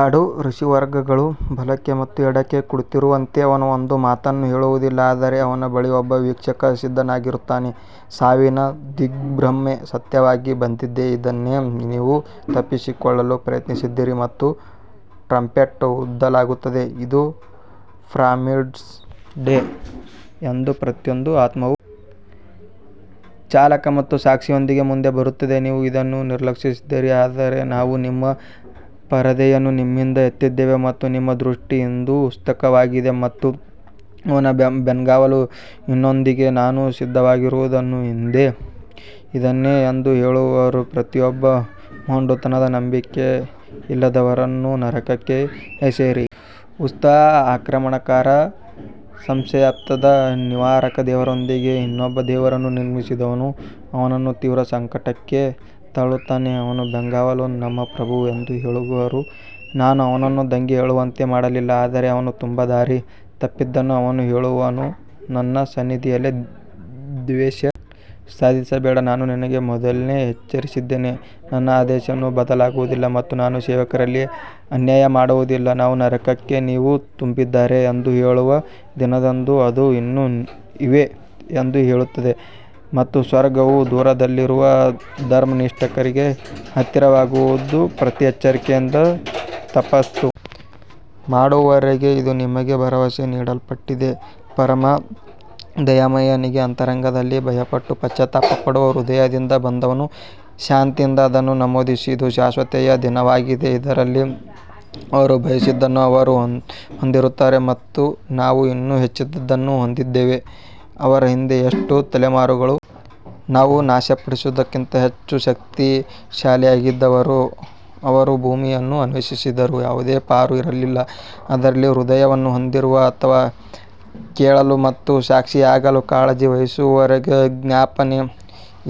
ಎರಡು ರಿಸೀವರ್ಗಳು ಬಲಕ್ಕೆ ಮತ್ತು ಎಡಕ್ಕೆ ಕುಳಿತಿರುವಂತೆ ಅವನು ಒಂದು ಮಾತನ್ನೂ ಹೇಳುವುದಿಲ್ಲ ಆದರೆ ಅವನ ಬಳಿ ಒಬ್ಬ ವೀಕ್ಷಕ ಸಿದ್ಧನಾಗಿರುತ್ತಾನೆ ಸಾವಿನ ದಿಗ್ಭ್ರಮೆ ಸತ್ಯವಾಗಿ ಬಂದಿದೆ ಇದನ್ನೇ ನೀವು ತಪ್ಪಿಸಿಕೊಳ್ಳಲು ಪ್ರಯತ್ನಿಸಿದ್ದೀರಿ ಮತ್ತು ಟ್ರಂಪೆಟ್ ಊದಲಾಗುತ್ತದೆ ಇದು ಪ್ರಾಮಿಸ್ಡ್ ಡೇ ಮತ್ತು ಪ್ರತಿಯೊಬ್ಬ ಆತ್ಮವು ಚಾಲಕ ಮತ್ತು ಸಾಕ್ಷಿಯೊಂದಿಗೆ ಮುಂದೆ ಬರುತ್ತದೆ ನೀವು ಇದನ್ನು ನಿರ್ಲಕ್ಷಿಸುತ್ತಿದ್ದೀರಿ ಆದ್ದರಿಂದ ನಾವು ನಿಮ್ಮ ಪರದೆಯನ್ನು ನಿಮ್ಮಿಂದ ಎತ್ತಿದ್ದೇವೆ ಮತ್ತು ನಿಮ್ಮ ದೃಷ್ಟಿ ಇಂದು ಉತ್ಸುಕವಾಗಿದೆ ಮತ್ತು ಅವನ ಬೆಂಗಾವಲು ನನ್ನೊಂದಿಗೆ ನಾನು ಸಿದ್ಧವಾಗಿರುವುದು ಇದನ್ನೇ ಎಂದು ಹೇಳುವರು ಪ್ರತಿಯೊಬ್ಬ ಮೊಂಡುತನದ ನಂಬಿಕೆಯಿಲ್ಲದವರನ್ನು ನರಕಕ್ಕೆ ಎಸೆಯಿರಿ ಉತ್ತಮ ಆಕ್ರಮಣಕಾರ ಸಂಶಯಾಸ್ಪದ ನಿವಾರಕ ದೇವರೊಂದಿಗೆ ಇನ್ನೊಬ್ಬ ದೇವರನ್ನು ನಿರ್ಮಿಸಿದವನು ಅವನನ್ನು ತೀವ್ರ ಸಂಕಟಕ್ಕೆ ತಳ್ಳುತ್ತಾನೆ ಅವನ ಬೆಂಗಾವಲು ನಮ್ಮ ಪ್ರಭು ಎಂದು ಹೇಳುವರು, ನಾನು ಅವನನ್ನು ದಂಗೆ ಏಳುವಂತೆ ಮಾಡಲಿಲ್ಲ ಆದರೆ ಅವನು ತುಂಬಾ ದಾರಿ ತಪ್ಪಿದ್ದನು ಅವನು ಹೇಳುವನು, ನನ್ನ ಸನ್ನಿಧಿಯಲ್ಲಿ ದ್ವೇಷ ಸಾಧಿಸಬೇಡ, ನಾನು ನಿನಗೆ ಮೊದಲೇ ಎಚ್ಚರಿಸಿದ್ದೆ ನನ್ನ ಆದೇಶವು ಬದಲಾಗುವುದಿಲ್ಲ ಮತ್ತು ನಾನು ಸೇವಕರಿಗೆ ಅನ್ಯಾಯ ಮಾಡುವುದಿಲ್ಲ ನಾವು ನರಕಕ್ಕೆ ನೀವು ತುಂಬಿದ್ದೀರಾ ಎಂದು ಹೇಳುವ ದಿನದಂದು ಅದು ಇನ್ನೂ ಇವೆ ಎಂದು ಹೇಳುತ್ತದೆ ಮತ್ತು ಸ್ವರ್ಗವು ದೂರದಲ್ಲಿರುವ ಧರ್ಮನಿಷ್ಠರಿಗೆ ಹತ್ತಿರವಾಗುವುದು ಪ್ರತಿ ಎಚ್ಚರಿಕೆಯಿಂದ ತಪಸ್ಸು ಮಾಡುವವರಿಗೆ ಇದು ನಿಮಗೆ ಭರವಸೆ ನೀಡಲ್ಪಟ್ಟಿದೆ ಪರಮ ದಯಾಮಯನಿಗೆ ಅಂತರಂಗದಲ್ಲಿ ಭಯಪಟ್ಟು ಪಶ್ಚಾತ್ತಾಪ ಪಡುವ ಹೃದಯದಿಂದ ಬಂದವನು ಶಾಂತಿಯಿಂದ ಅದನ್ನು ನಮೂದಿಸಿ ಇದು ಶಾಶ್ವತತೆಯ ದಿನವಾಗಿದೆ ಅದರಲ್ಲಿ ಅವರು ಬಯಸಿದ್ದನ್ನು ಅವರು ಹೊಂದಿರುತ್ತಾರೆ ಮತ್ತು ನಾವು ಇನ್ನೂ ಹೆಚ್ಚಿನದನ್ನು ಹೊಂದಿದ್ದೇವೆ ಅವರ ಹಿಂದೆ ಎಷ್ಟು ತಲೆಮಾರುಗಳು ನಾವು ನಾಶಪಡಿಸಿದ್ದಕ್ಕಿಂತ ಹೆಚ್ಚು ಶಕ್ತಿಶಾಲಿಯಾಗಿದ್ದವರು ಅವರು ಭೂಮಿಯನ್ನು ಅನ್ವೇಷಿಸಿದರು ಯಾವುದೇ ಪಾರು ಇರಲಿಲ್ಲ ಅದರಲ್ಲಿ ಹೃದಯವನ್ನು ಹೊಂದಿರುವ ಅಥವಾ ಕೇಳಲು ಮತ್ತು ಸಾಕ್ಷಿಯಾಗಲು ಕಾಳಜಿ ವಹಿಸುವವರಿಗೆ ಜ್ಞಾಪನೆ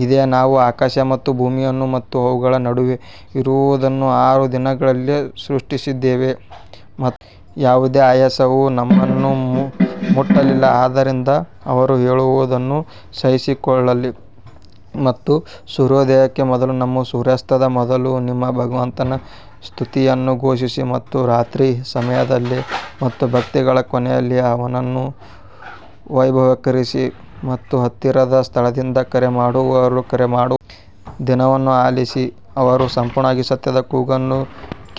ಇದೆ ನಾವು ಆಕಾಶ ಮತ್ತು ಭೂಮಿಯನ್ನು ಮತ್ತು ಅವುಗಳ ನಡುವೆ ಇರುವದನ್ನು ಆರು ದಿನಗಳಲ್ಲಿ ಸೃಷ್ಟಿಸಿದ್ದೇವೆ ಮತ್ತು ಯಾವುದೇ ಆಯಾಸವು ನಮ್ಮನ್ನು ಮುಟ್ಟಲಿಲ್ಲ ಆದ್ದರಿಂದ ಅವರು ಹೇಳುವುದನ್ನು ಸಹಿಸಿಕೊಳ್ಳಿ ಮತ್ತು ಸೂರ್ಯೋದಯಕ್ಕೆ ಮೊದಲು ಮತ್ತು ಸೂರ್ಯಾಸ್ತದ ಮೊದಲು ನಿಮ್ಮ ಭಗವಂತನ ಸ್ತುತಿಯನ್ನು ಘೋಷಿಸಿ ಮತ್ತು ರಾತ್ರಿಯ ಸಮಯದಲ್ಲಿ ಮತ್ತು ಭಕ್ತಿಗಳ ಕೊನೆಯಲ್ಲಿ ಅವನನ್ನು ವೈಭವೀಕರಿಸಿ ಮತ್ತು ಹತ್ತಿರದ ಸ್ಥಳದಿಂದ ಕರೆ ಮಾಡುವವರು ಕರೆ ಮಾಡುವ ದಿನವನ್ನು ಆಲಿಸಿ ಅವರು ಸಂಪೂರ್ಣ ಸತ್ಯದ ಕೂಗನ್ನು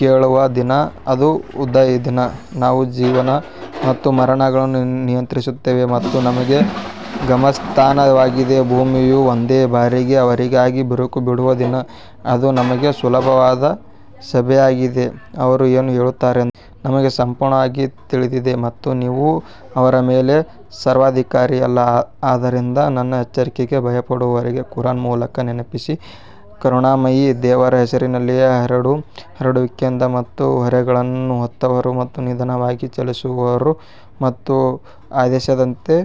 ಕೇಳುವ ದಿನ ಅದು ಉದಯದ ದಿನ ನಾವು ಜೀವನ ಮತ್ತು ಮರಣವನ್ನು ನಿಯಂತ್ರಿಸುತ್ತೇವೆ ಮತ್ತು ನಮಗೆ ಗಮ್ಯಸ್ಥಾನವಾಗಿದೆ ಭೂಮಿಯು ಒಂದೇ ಬಾರಿಗೆ ಅವರಿಗಾಗಿ ಬಿರುಕು ಬಿಡುವ ದಿನ ಅದು ನಮಗೆ ಸುಲಭವಾದ ಸಭೆಯಾಗಿದೆ ಅವರು ಏನು ಹೇಳುತ್ತಾರೆಂದು ನಮಗೆ ಸಂಪೂರ್ಣವಾಗಿ ತಿಳಿದಿದೆ ಮತ್ತು ನೀವು ಅವರ ಮೇಲೆ ಸರ್ವಾಧಿಕಾರಿಯಲ್ಲ ಆದ್ದರಿಂದ ನನ್ನ ಎಚ್ಚರಿಕೆಗೆ ಭಯಪಡುವವರಿಗೆ ಕುರಾನ್ ಮೂಲಕ ನೆನಪಿಸಿ ಕರುಣಾಮಯಿ ದೇವರ ಹೆಸರಿನಲ್ಲಿ ಹರಡುವ ಹರಡುವಿಕೆಯಿಂದ ಮತ್ತು ಹೊರೆಗಳನ್ನು ಹೊತ್ತವರು ಮತ್ತು ನಿಧಾನವಾಗಿ ಚಲಿಸುವವರು ಮತ್ತು ಆದೇಶದಂತೆ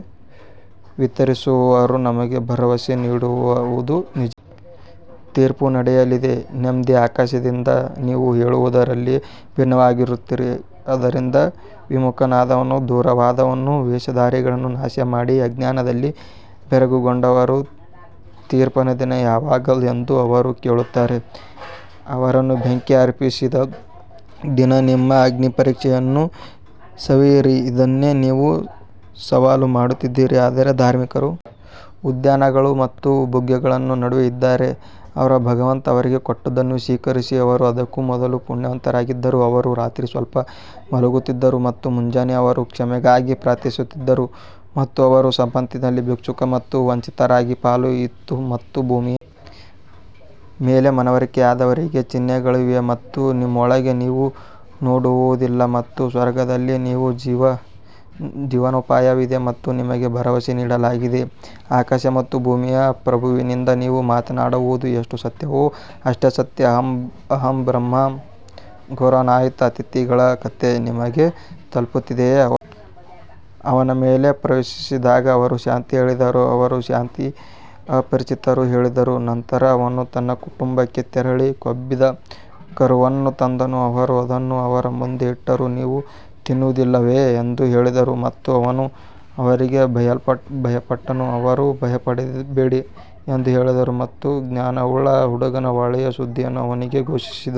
ವಿತರಿಸುವವರು ನಿಮಗೆ ಭರವಸೆ ನೀಡಿರುವುದು ನಿಜ ತೀರ್ಪು ನಡೆಯಲಿದೆ ನೇಯ್ದ ಆಕಾಶದಿಂದ ನೀವು ಹೇಳುವುದರಲ್ಲಿ ಭಿನ್ನವಾಗಿರುತ್ತೀರಿ ಅದರಿಂದ ವಿಮುಖನಾದವನು ದೂರವಾದವನು ವೇಷಧಾರಿಗಳನ್ನು ನಾಶಮಾಡಿ ಅಜ್ಞಾನದಲ್ಲಿ ಬೆರಗುಗೊಂಡವರು ತೀರ್ಪಿನ ದಿನ ಯಾವಾಗ ಎಂದು ಅವರು ಕೇಳುತ್ತಾರೆ ಅವರನ್ನು ಬೆಂಕಿಗೆ ಅರ್ಪಿಸಿದ ದಿನ ನಿಮ್ಮ ಅಗ್ನಿಪರೀಕ್ಷೆಯನ್ನು ಸವಿಯಿರಿ ಇದನ್ನೇ ನೀವು ಸವಾಲು ಮಾಡುತ್ತಿದ್ದೀರಿ ಆದರೆ ಧಾರ್ಮಿಕರು ಉದ್ಯಾನಗಳು ಮತ್ತು ಬುಗ್ಗೆಗಳ ನಡುವೆ ಇದ್ದಾರೆ ಅವರ ಭಗವಂತ ಅವರಿಗೆ ಕೊಟ್ಟದ್ದನ್ನು ಸ್ವೀಕರಿಸಿ ಅವರು ಅದಕ್ಕೂ ಮೊದಲು ಪುಣ್ಯವಂತರಾಗಿದ್ದರು ಅವರು ರಾತ್ರಿ ಸ್ವಲ್ಪ ಮಲಗುತ್ತಿದ್ದರು ಮತ್ತು ಮುಂಜಾನೆ ಅವರು ಕ್ಷಮೆಗಾಗಿ ಪ್ರಾರ್ಥಿಸುತ್ತಿದ್ದರು ಮತ್ತು ಅವರ ಸಂಪತ್ತಿನಲ್ಲಿ ಭಿಕ್ಷುಕ ಮತ್ತು ವಂಚಿತರಿಗೆ ಪಾಲು ಇತ್ತು ಮತ್ತು ಭೂಮಿಯ ಮೇಲೆ ಮನವರಿಕೆಯಾದವರಿಗೆ ಚಿಹ್ನೆಗಳು ಇವೆ ಮತ್ತು ನಿಮ್ಮೊಳಗೆ ನೀವು ನೋಡುವುದಿಲ್ಲ ಮತ್ತು ಸ್ವರ್ಗದಲ್ಲಿ ನಿಮ್ಮ ಜೀವನೋಪಾಯವಿದೆ ಮತ್ತು ನಿಮಗೆ ಭರವಸೆ ನೀಡಲಾಗಿದೆ ಆಕಾಶ ಮತ್ತು ಭೂಮಿಯ ಪ್ರಭುವಿನಿಂದ, ನೀವು ಮಾತನಾಡುವುದು ಎಷ್ಟು ಸತ್ಯವೋ ಅಷ್ಟೇ ಸತ್ಯ ಅಬ್ರಹಾಂ ಗೌರವಾನ್ವಿತ ಅತಿಥಿಗಳ ಕಥೆ ನಿಮಗೆ ತಲುಪಿದೆಯೇ ಅವರು ಅವನ ಮೇಲೆ ಪ್ರವೇಶಿಸಿದಾಗ ಅವರು ಶಾಂತಿ ಹೇಳಿದರು ಅವರು ಶಾಂತಿ ಅಪರಿಚಿತರು ಹೇಳಿದರು ನಂತರ ಅವನು ತನ್ನ ಕುಟುಂಬಕ್ಕೆ ತೆರಳಿ ಕೊಬ್ಬಿದ ಕರುವನ್ನು ತಂದನು ಅವರು ಅದನ್ನು ಅವರ ಮುಂದೆ ಇಟ್ಟರು, ನೀವು ತಿನ್ನುವುದಿಲ್ಲವೇ ಎಂದು ಹೇಳಿದರು ಮತ್ತು ಅವನು ಅವರಿಗೆ ಭಯಪಟ್ಟನು, ಅವರು ಭಯಪಡಬೇಡಿ ಎಂದು ಹೇಳಿದರು ಮತ್ತು ಅವರು ಜ್ಞಾನವುಳ್ಳ ಹುಡುಗನ ಒಳ್ಳೆಯ ಸುದ್ದಿಯನ್ನು ಅವನಿಗೆ ಘೋಷಿಸಿದರು.